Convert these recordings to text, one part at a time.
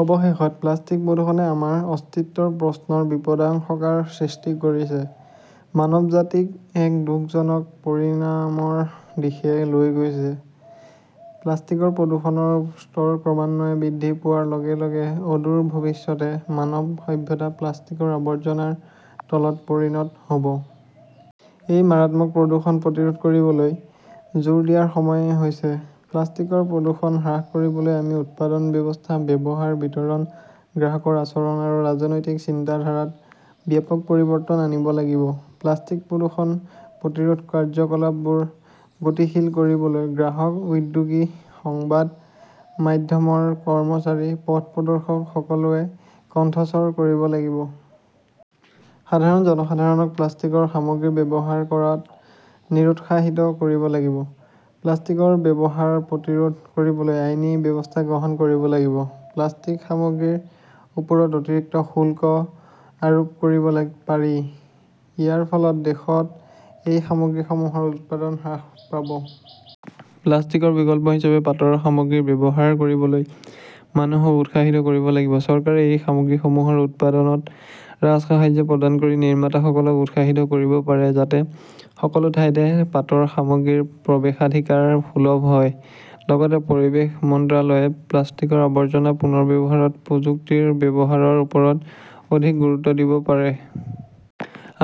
অৱশেষত, প্লাষ্টিক প্ৰদূষণে আমাৰ অস্তিত্বৰ প্ৰশ্নৰ বিপদাশংকাৰ সৃষ্টি কৰিছে, মানৱজাতিক এক দুখজনক পৰিণামৰ দিশে লৈ গৈছে। প্লাষ্টিকৰ প্ৰদূষণৰ স্তৰ ক্ৰমান্বয়ে বৃদ্ধি পোৱাৰ লগে লগে অদূৰ ভৱিষ্যতে মানৱ সভ্যতা প্লাষ্টিকৰ আৱৰ্জনাৰ তলত পৰিণত হ'ব। এই মাৰাত্মক প্ৰদূষণ প্ৰতিৰোধ কৰিবলৈ জোৰ দিয়াৰ সময় হৈছে। প্লাষ্টিকৰ প্ৰদূষণ হ্ৰাস কৰিবলৈ আমি উৎপাদন ব্যৱস্থা, ব্যৱহাৰ, বিতৰণ, গ্ৰাহকৰ আচৰণ আৰু ৰাজনৈতিক চিন্তাধাৰাত ব্যাপক পৰিৱৰ্তন আনিব লাগিব। প্লাষ্টিক প্ৰদূষণ প্ৰতিৰোধ কাৰ্যকলাপবোৰ গতিশীল কৰিবলৈ গ্ৰাহক, উদ্যোগী, সংবাদ মাধ্যমৰ কৰ্মচাৰী, পথ প্ৰদৰ্শক সকলোৱে কণ্ঠস্বৰ কৰিব লাগিব। সাধাৰণ জনসাধাৰণক প্লাষ্টিকৰ সামগ্ৰী ব্যৱহাৰ কৰাত নিৰুৎসাহিত কৰিব লাগিব। প্লাষ্টিকৰ ব্যৱহাৰ প্ৰতিৰোধ কৰিবলৈ আইনী ব্যৱস্থা গ্ৰহণ কৰিব লাগিব। প্লাষ্টিক সামগ্ৰীৰ ওপৰত অতিৰিক্ত শুল্ক আৰোপ কৰিব পাৰি। ইয়াৰ ফলত দেশত এই সামগ্ৰীসমূহৰ উৎপাদন হ্ৰাস পাব। প্লাষ্টিকৰ বিকল্প হিচাপে পাটৰ সামগ্ৰী ব্যৱহাৰ কৰিবলৈ মানুহক উৎসাহিত কৰিব লাগিব। চৰকাৰে এই সামগ্ৰীসমূহৰ উৎপাদনত ৰাজসাহায্য প্ৰদান কৰি নিৰ্মাতাসকলক উৎসাহিত কৰিব পাৰে যাতে সকলো ঠাইতে পাটৰ সামগ্ৰীৰ প্ৰৱেশাধিকাৰ সুলভ হয়। লগতে পৰিৱেশ মন্ত্ৰালয়ে প্লাষ্টিকৰ আৱৰ্জনা পুনৰ্ব্যৱহাৰত প্ৰযুক্তিৰ ব্যৱহাৰৰ ওপৰত অধিক গুৰুত্ব দিব পাৰে।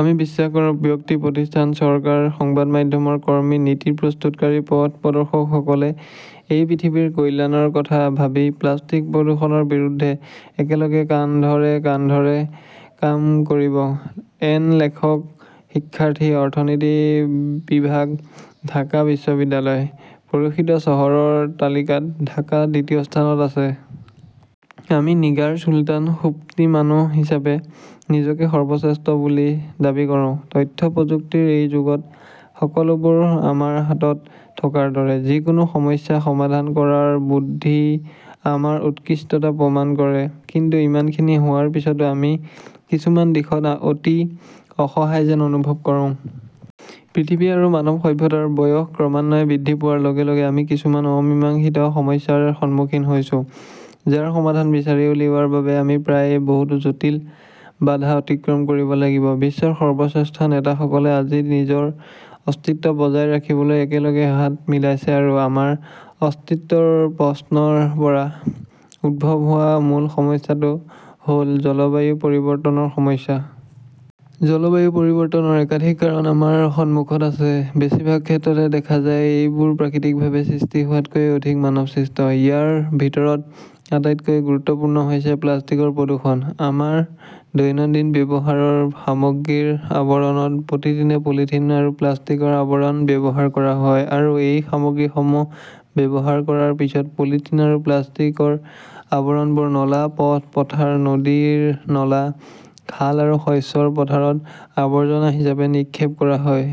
আমি বিশ্বাস কৰোঁ, ব্যক্তি, প্ৰতিষ্ঠান, চৰকাৰ, সংবাদ মাধ্যমৰ কৰ্মী, নীতি প্ৰস্তুতকাৰী, পথ প্ৰদৰ্শকসকলে এই পৃথিৱীৰ কল্যাণৰ কথা ভাবি প্লাষ্টিক প্ৰদূষণৰ বিৰুদ্ধে একেলগে কান্ধৰে কান্ধৰে কাম কৰিব। এন লেখক শিক্ষাৰ্থী, অৰ্থনীতি বিভাগ, ঢাকা বিশ্ববিদ্যালয়। প্ৰদূষিত চহৰৰ তালিকাত ঢাকা দ্বিতীয় স্থানত আছে। আমি নিগাৰ চুলতান সুপ্তি মানুহ হিচাপে নিজকে সৰ্বশ্ৰেষ্ঠ বুলি দাবী কৰোঁ। তথ্য প্ৰযুক্তিৰ এই যুগত সকলোবোৰ আমাৰ হাতত থকাৰ দৰে। যিকোনো সমস্যা সমাধান কৰাৰ বুদ্ধিই আমাৰ উৎকৃষ্টতা প্ৰমাণ কৰে। কিন্তু ইমানখিনি হোৱাৰ পিছতো আমি কিছুমান দিশত অতি অসহায় যেন অনুভৱ কৰোঁ। পৃথিৱী আৰু মানৱ সভ্যতাৰ বয়স ক্ৰমান্বয়ে বৃদ্ধি পোৱাৰ লগে লগে আমি কিছুমান অমীমাংসিত সমস্যাৰ সন্মুখীন হৈছো, যাৰ সমাধান বিচাৰি উলিওৱাৰ বাবে আমি প্ৰায়ে বহুতো জটিল বাধা অতিক্ৰম কৰিব লাগিব। বিশ্বৰ সৰ্বশ্ৰেষ্ঠ নেতাসকলে আজি নিজৰ অস্তিত্ব বজাই ৰাখিবলৈ একেলগে হাত মিলাইছে আৰু আমাৰ অস্তিত্বৰ প্ৰশ্নৰ পৰা উদ্ভৱ হোৱা মূল সমস্যাটো হ'ল জলবায়ু পৰিৱৰ্তনৰ সমস্যা। জলবায়ু পৰিৱৰ্তনৰ একাধিক কাৰণ আমাৰ সন্মুখত আছে। বেছিভাগ ক্ষেত্ৰতে দেখা যায় এইবোৰ প্ৰাকৃতিকভাৱে সৃষ্টি হোৱাতকৈ অধিক মানৱসৃষ্ট। ইয়াৰ ভিতৰত আটাইতকৈ গুৰুত্বপূৰ্ণ হৈছে প্লাষ্টিকৰ প্ৰদূষণ। আমাৰ দৈনন্দিন ব্যৱহাৰৰ সামগ্ৰীৰ আৱৰণত প্ৰতিদিনে পলিথিন আৰু প্লাষ্টিকৰ আৱৰণ ব্যৱহাৰ কৰা হয় আৰু এই সামগ্ৰীসমূহ ব্যৱহাৰ কৰাৰ পিছত পলিথিন আৰু প্লাষ্টিকৰ আৱৰণবোৰ নলা, পথ, পথাৰ, নদীৰ নলা, খাল আৰু শস্যৰ পথাৰত আৱৰ্জনা হিচাপে নিক্ষেপ কৰা হয়।